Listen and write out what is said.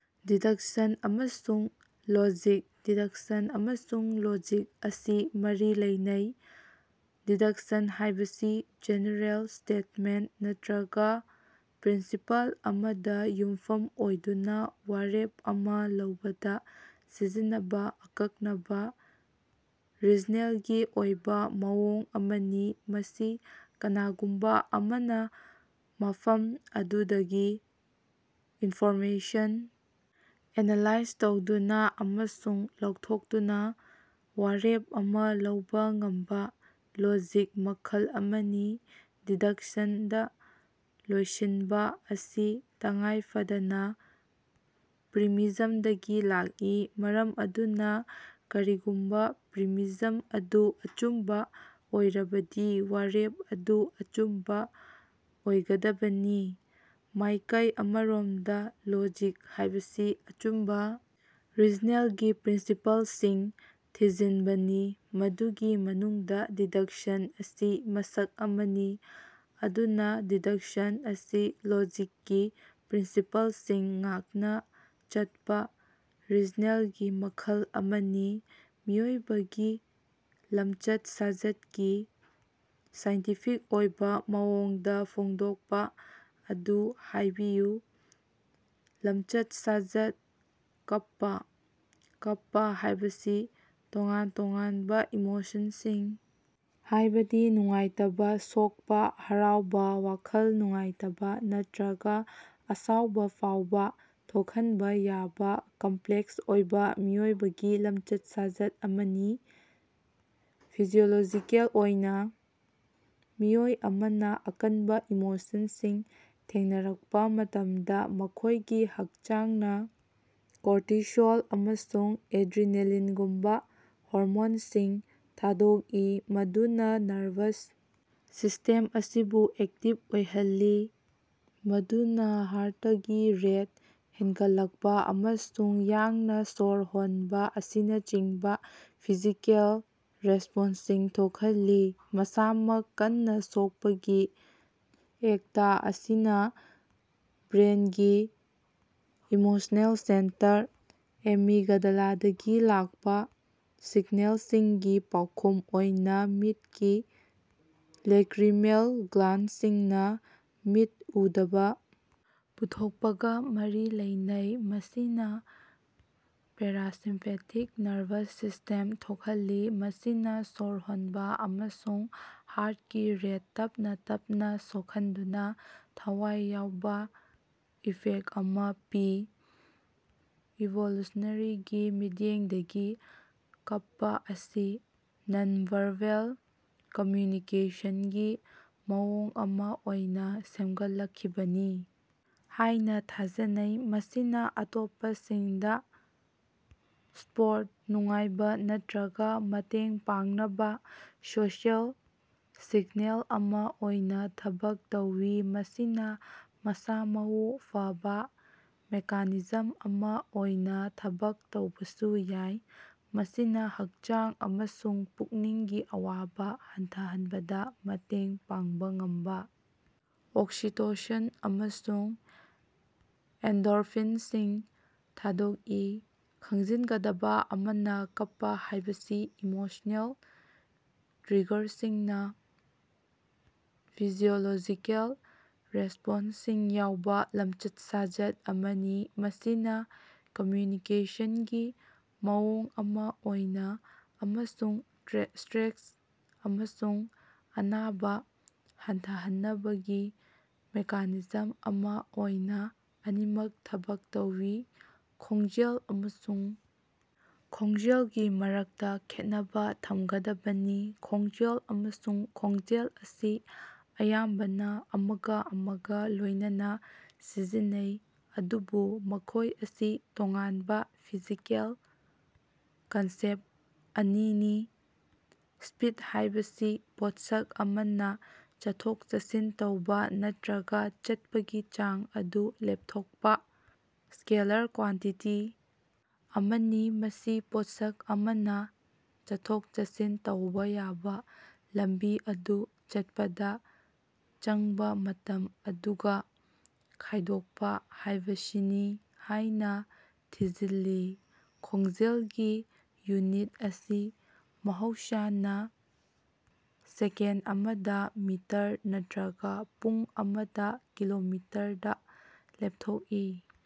Deduction ꯑꯃꯁꯨꯡ logic. Deduction ꯑꯃꯁꯨꯡ logic ꯑꯁꯤ ꯃꯔꯤ ꯂꯩꯅꯩ꯫ ꯗꯤꯗꯛꯁꯟ ꯍꯥꯏꯕꯁꯤ ꯖꯦꯅꯦꯔꯦꯜ ꯁ꯭ꯇꯦꯠꯃꯦꯟꯇ ꯅꯠꯇ꯭ꯔꯒ ꯄ꯭ꯔꯤꯟꯁꯤꯄꯜ ꯑꯃꯗ ꯌꯨꯝꯐꯝ ꯑꯣꯏꯗꯨꯅ ꯋꯥꯔꯦꯞ ꯑꯃ ꯂꯧꯕꯗ ꯁꯤꯖꯤꯟꯅꯕ ꯑꯀꯛꯅꯕ ꯔꯤꯖꯅꯦꯜꯒꯤ ꯑꯣꯏꯕ ꯃꯑꯣꯡ ꯑꯃꯅꯤ꯫ ꯃꯁꯤ ꯀꯅꯥꯒꯨꯝꯕ ꯑꯃꯅ ꯃꯐꯝ ꯑꯗꯨꯗꯒꯤ ꯏꯟꯐꯣꯔꯃꯦꯁꯟ ꯑꯦꯅꯂꯥꯏꯖ ꯇꯧꯗꯨꯅ ꯑꯃꯁꯨꯡ ꯂꯧꯊꯣꯛꯇꯨꯅ ꯋꯥꯔꯦꯞ ꯑꯃ ꯂꯧꯕ ꯉꯝꯕ ꯂꯣꯖꯤꯛ ꯃꯈꯜ ꯑꯃꯅꯤ꯫ ꯗꯤꯗꯛꯁꯟꯗ ꯂꯣꯏꯁꯤꯟꯕ ꯑꯁꯤ ꯇꯉꯥꯏꯐꯗꯅ ꯄ꯭ꯔꯤꯃꯤꯖꯝꯗꯒꯤ ꯂꯥꯛꯏ, ꯃꯔꯝ ꯑꯗꯨꯅ ꯀꯔꯤꯒꯨꯝꯕ ꯄ꯭ꯔꯤꯃꯤꯖꯝ ꯑꯗꯨ ꯑꯆꯨꯝꯕ ꯑꯣꯏꯔꯕꯗꯤ ꯋꯥꯔꯦꯞ ꯑꯗꯨ ꯑꯆꯨꯝꯕ ꯑꯣꯏꯒꯗꯕꯅꯤ꯫ ꯃꯥꯏꯀꯩ ꯑꯃꯔꯣꯝꯗ ꯂꯣꯖꯤꯛ ꯍꯥꯏꯕꯁꯤ ꯑꯆꯨꯝꯕ ꯔꯤꯖꯅꯦꯜꯒꯤ ꯄ꯭ꯔꯤꯟꯁꯤꯄꯜꯁꯤꯡ ꯊꯤꯖꯤꯟꯕꯅꯤ, ꯃꯗꯨꯒꯤ ꯃꯅꯨꯡꯗ ꯗꯤꯗꯛꯁꯟ ꯑꯁꯤ ꯃꯁꯛ ꯑꯃꯅꯤ꯫ ꯑꯗꯨꯅ, ꯗꯤꯗꯛꯁꯟ ꯑꯁꯤ ꯂꯣꯖꯤꯛꯀꯤ ꯄ꯭ꯔꯤꯟꯁꯤꯄꯜꯁꯤꯡ ꯉꯥꯛꯅ ꯆꯠꯄ ꯔꯤꯖꯅꯦꯜꯒꯤ ꯃꯈꯜ ꯑꯃꯅꯤ꯫ ꯃꯤꯑꯣꯏꯕꯒꯤ ꯂꯝꯆꯠ-ꯁꯥꯖꯠꯀꯤ ꯁꯥꯏꯟꯇꯤꯐꯤꯛ ꯑꯣꯏꯕ ꯃꯑꯣꯡꯗ ꯐꯣꯡꯗꯣꯛꯄ ꯑꯗꯨ ꯍꯥꯏꯕꯤꯌꯨ꯫ ꯂꯝꯆꯠ-ꯁꯥꯖꯠ: ꯀꯞꯄ꯫ ꯀꯞꯄ ꯍꯥꯏꯕꯁꯤ ꯇꯣꯉꯥꯟ-ꯇꯣꯉꯥꯟꯕ ꯏꯃꯣꯁꯟꯁꯤꯡ ꯍꯥꯏꯕꯗꯤ ꯅꯨꯡꯉꯥꯏꯇꯕ, ꯁꯣꯛꯄ, ꯍꯔꯥꯎꯕ, ꯋꯥꯈꯜ ꯅꯨꯡꯉꯥꯏꯇꯕ ꯅꯠꯇ꯭ꯔꯒ ꯑꯁꯥꯎꯕ ꯐꯥꯎꯕ ꯊꯣꯛꯍꯟꯕ ꯌꯥꯕ ꯀꯝꯄ꯭ꯂꯦꯛꯁ ꯑꯣꯏꯕ ꯃꯤꯑꯣꯏꯕꯒꯤ ꯂꯝꯆꯠ-ꯁꯥꯖꯠ ꯑꯃꯅꯤ꯫ ꯐꯤꯖꯤꯑꯣꯂꯣꯖꯤꯀꯦꯜ ꯑꯣꯏꯅ, ꯃꯤꯑꯣꯏ ꯑꯃꯅ ꯑꯀꯟꯕ ꯏꯃꯣꯁꯟꯁꯤꯡ ꯊꯦꯡꯅꯔꯛꯄ ꯃꯇꯝꯗ, ꯃꯈꯣꯏꯒꯤ ꯍꯛꯆꯥꯡꯅ ꯀꯣꯔꯇꯤꯁꯣꯜ ꯑꯃꯁꯨꯡ ꯑꯦꯗ꯭ꯔꯤꯅꯥꯂꯤꯟꯒꯨꯝꯕ ꯍꯣꯔꯃꯣꯟꯁꯤꯡ ꯊꯥꯗꯣꯛꯏ, ꯃꯗꯨꯅ ꯅꯔꯚꯁ ꯁꯤꯁꯇꯦꯝ ꯑꯁꯤꯕꯨ ꯑꯦꯛꯇꯤꯚ ꯑꯣꯏꯍꯜꯂꯤ, ꯃꯗꯨꯅꯥꯍꯥꯔꯇꯀꯤ ꯔꯦꯠ ꯍꯦꯟꯒꯠꯂꯛꯄ ꯑꯃꯁꯨꯡ ꯌꯥꯡꯅ ꯁꯣꯔ ꯍꯣꯟꯕ ꯑꯁꯤꯅꯆꯤꯡꯕ ꯐꯤꯖꯤꯀꯦꯜ ꯔꯦꯁꯄꯣꯟꯁꯁꯤꯡ ꯊꯣꯛꯍꯜꯂꯤ꯫ ꯃꯁꯥꯃꯛ ꯀꯟꯅ ꯁꯣꯛꯄꯒꯤ ꯑꯦꯛꯇ ꯑꯁꯤꯅ ꯕ꯭ꯔꯦꯟꯒꯤ ꯏꯃꯣꯁꯅꯦꯜ ꯁꯦꯟꯇꯔ, ꯑꯦꯃꯤꯒꯗꯥꯂꯥꯗꯒꯤ ꯂꯥꯛꯄ ꯁꯤꯒꯅꯦꯜꯁꯤꯡꯒꯤ ꯄꯥꯎꯈꯨꯝ ꯑꯣꯏꯅ ꯃꯤꯠꯀꯤ ꯂꯦꯀ꯭ꯔꯤꯃꯦꯜ ꯒ꯭ꯂꯥꯟꯗꯁꯤꯡꯅ ꯃꯤꯠ ꯎꯗꯕ ꯄꯨꯊꯣꯛꯄꯒ ꯃꯔꯤ ꯂꯩꯅꯩ, ꯃꯁꯤꯅ ꯄꯦꯔꯥꯁꯤꯝꯄꯦꯇꯤꯛ ꯅꯔꯚꯁ ꯁꯤꯁ꯭ꯇꯦꯝ ꯊꯣꯛꯍꯜꯂꯤ, ꯃꯁꯤꯅ ꯁꯣꯔ ꯍꯣꯟꯕ ꯑꯃꯁꯨꯡ ꯍꯥꯔꯇꯀꯤ ꯔꯦꯠ ꯇꯞꯅ - ꯇꯞꯅ ꯁꯣꯛꯍꯟꯗꯨꯅ ꯊꯋꯥꯏ ꯌꯥꯎꯕ ꯏꯐꯦꯛꯇ ꯑꯃ ꯄꯤ꯫ ꯏꯚꯣꯂꯨꯁꯅꯦꯔꯤꯒꯤ ꯃꯤꯠꯌꯦꯡꯗꯒꯤ, ꯀꯞꯄ ꯑꯁꯤ ꯅꯟ-ꯚꯥꯔꯕꯦꯜ ꯀꯝꯃ꯭ꯌꯨꯅꯤꯀꯦꯁꯟꯒꯤ ꯃꯑꯣꯡ ꯑꯃ ꯑꯣꯏꯅ ꯁꯦꯝꯒꯠꯂꯛꯈꯤꯕꯅꯤ ꯍꯥꯏꯅ ꯊꯥꯖꯅꯩ, ꯃꯁꯤꯅ ꯑꯇꯣꯞꯄꯁꯤꯡꯗ ꯁꯄꯣꯔꯠ, ꯅꯨꯡꯉꯥꯏꯕ ꯅꯠꯇ꯭ꯔꯒ ꯃꯇꯦꯡ ꯄꯥꯡꯅꯕꯥ ꯁꯣꯁꯤꯑꯦꯜ ꯁꯤꯒꯅꯦꯜ ꯑꯃ ꯑꯣꯏꯅ ꯊꯕꯛ ꯇꯧꯏ꯫ ꯃꯁꯤꯅ ꯃꯁꯥ-ꯃꯎ ꯐꯕ ꯃꯦꯀꯥꯅꯤꯖꯝ ꯑꯃ ꯑꯣꯏꯅ ꯊꯕꯛ ꯇꯧꯕꯁꯨ ꯌꯥꯏ, ꯃꯁꯤꯅ ꯍꯛꯆꯥꯡ ꯑꯃꯁꯨꯡ ꯄꯨꯛꯅꯤꯡꯒꯤ ꯑꯋꯥꯕ ꯍꯟꯊꯍꯟꯕꯗ ꯃꯇꯦꯡ ꯄꯥꯡꯕ ꯉꯝꯕ ꯑꯣꯛꯁꯤꯇꯣꯁꯤꯟ ꯑꯃꯁꯨꯡ ꯑꯦꯟꯗꯣꯔꯐꯤꯟꯁꯤꯡ ꯊꯥꯗꯣꯛꯏ꯫ ꯈꯪꯖꯤꯟꯒꯗꯕ ꯑꯃꯅ, ꯀꯞꯄ ꯍꯥꯏꯕꯁꯤ ꯏꯃꯣꯁꯅꯦꯜ ꯇ꯭ꯔꯤꯒꯔꯁꯤꯡꯗ ꯐꯤꯖꯤꯑꯣꯂꯣꯖꯤꯀꯦꯜ ꯔꯦꯁꯄꯣꯟꯁꯁꯤꯡ ꯌꯥꯎꯕ ꯂꯝꯆꯠ-ꯁꯥꯖꯠ ꯑꯃꯅꯤ, ꯃꯁꯤꯅ ꯀꯝꯃ꯭ꯌꯨꯅꯤꯀꯦꯁꯟꯒꯤ ꯃꯑꯣꯡ ꯑꯃ ꯑꯣꯏꯅ ꯑꯃꯁꯨꯡ ꯁꯇ꯭ꯔꯦꯁ ꯑꯃꯁꯨꯡ ꯑꯅꯥꯕ ꯍꯟꯊꯍꯟꯅꯕꯒꯤ ꯃꯦꯀꯥꯅꯤꯖꯝ ꯑꯃ ꯑꯣꯏꯅ ꯑꯅꯤꯃꯛ ꯊꯕꯛ ꯇꯧꯏ꯫ ꯈꯣꯡꯖꯦꯜ ꯑꯃꯁꯨꯡ ꯈꯣꯡꯖꯦꯜꯒꯤ ꯃꯔꯛꯇ ꯈꯦꯠꯅꯕ ꯊꯝꯒꯗꯕꯅꯤ꯫ ꯈꯣꯡꯖꯦꯜ ꯑꯃꯁꯨꯡ ꯈꯣꯡꯖꯦꯜ ꯑꯁꯤ ꯑꯌꯥꯝꯕꯅ ꯑꯃꯒꯥ ꯑꯃꯒꯥ ꯂꯣꯏꯅꯅ ꯁꯤꯖꯤꯟꯅꯩ, ꯑꯗꯨꯕꯨ ꯃꯈꯣꯏ ꯑꯁꯤ ꯇꯣꯉꯥꯟꯕ ꯐꯤꯖꯤꯀꯦꯜ ꯀꯟꯁꯦꯞꯇ ꯑꯅꯤꯅꯤ꯫ ꯁ꯭ꯄꯤꯗ ꯍꯥꯏꯕꯁꯤ ꯄꯣꯠꯁꯛ ꯑꯃꯅ ꯆꯠꯊꯣꯛ-ꯆꯠꯁꯤꯟ ꯇꯧꯕ ꯅꯠꯇ꯭ꯔꯒ ꯆꯠꯄꯒꯤ ꯆꯥꯡ ꯑꯗꯨ ꯂꯦꯞꯊꯣꯛꯄ ꯁ꯭ꯀꯦꯂꯔ ꯀ꯭ꯋꯥꯟꯇꯤꯇꯤ ꯑꯃꯅꯤ꯫ ꯃꯁꯤ ꯄꯣꯠꯁꯛ ꯑꯃꯅ ꯆꯠꯊꯣꯛ-ꯆꯠꯁꯤꯟ ꯇꯧꯕ ꯌꯥꯕ ꯂꯝꯕꯤ ꯑꯗꯨ ꯆꯠꯄꯗ ꯆꯪꯕ ꯃꯇꯝ ꯑꯗꯨꯒ ꯈꯥꯏꯗꯣꯛꯄ ꯍꯥꯏꯕꯁꯤꯅꯤ ꯍꯥꯏꯅ ꯊꯤꯖꯤꯜꯂꯤ꯫ ꯈꯣꯡꯖꯦꯜꯒꯤ ꯌꯨꯅꯤꯠ ꯑꯁꯤ ꯃꯍꯧꯁꯥꯅ ꯁꯦꯀꯦꯟꯗ ꯑꯃꯗ ꯃꯤꯇꯔ ꯅꯠꯇ꯭ꯔꯒ ꯄꯨꯡ ꯑꯃꯗꯥ ꯀꯤꯂꯣꯃꯤꯇꯔ ꯗ ꯂꯦꯞꯊꯣꯛꯏ꯫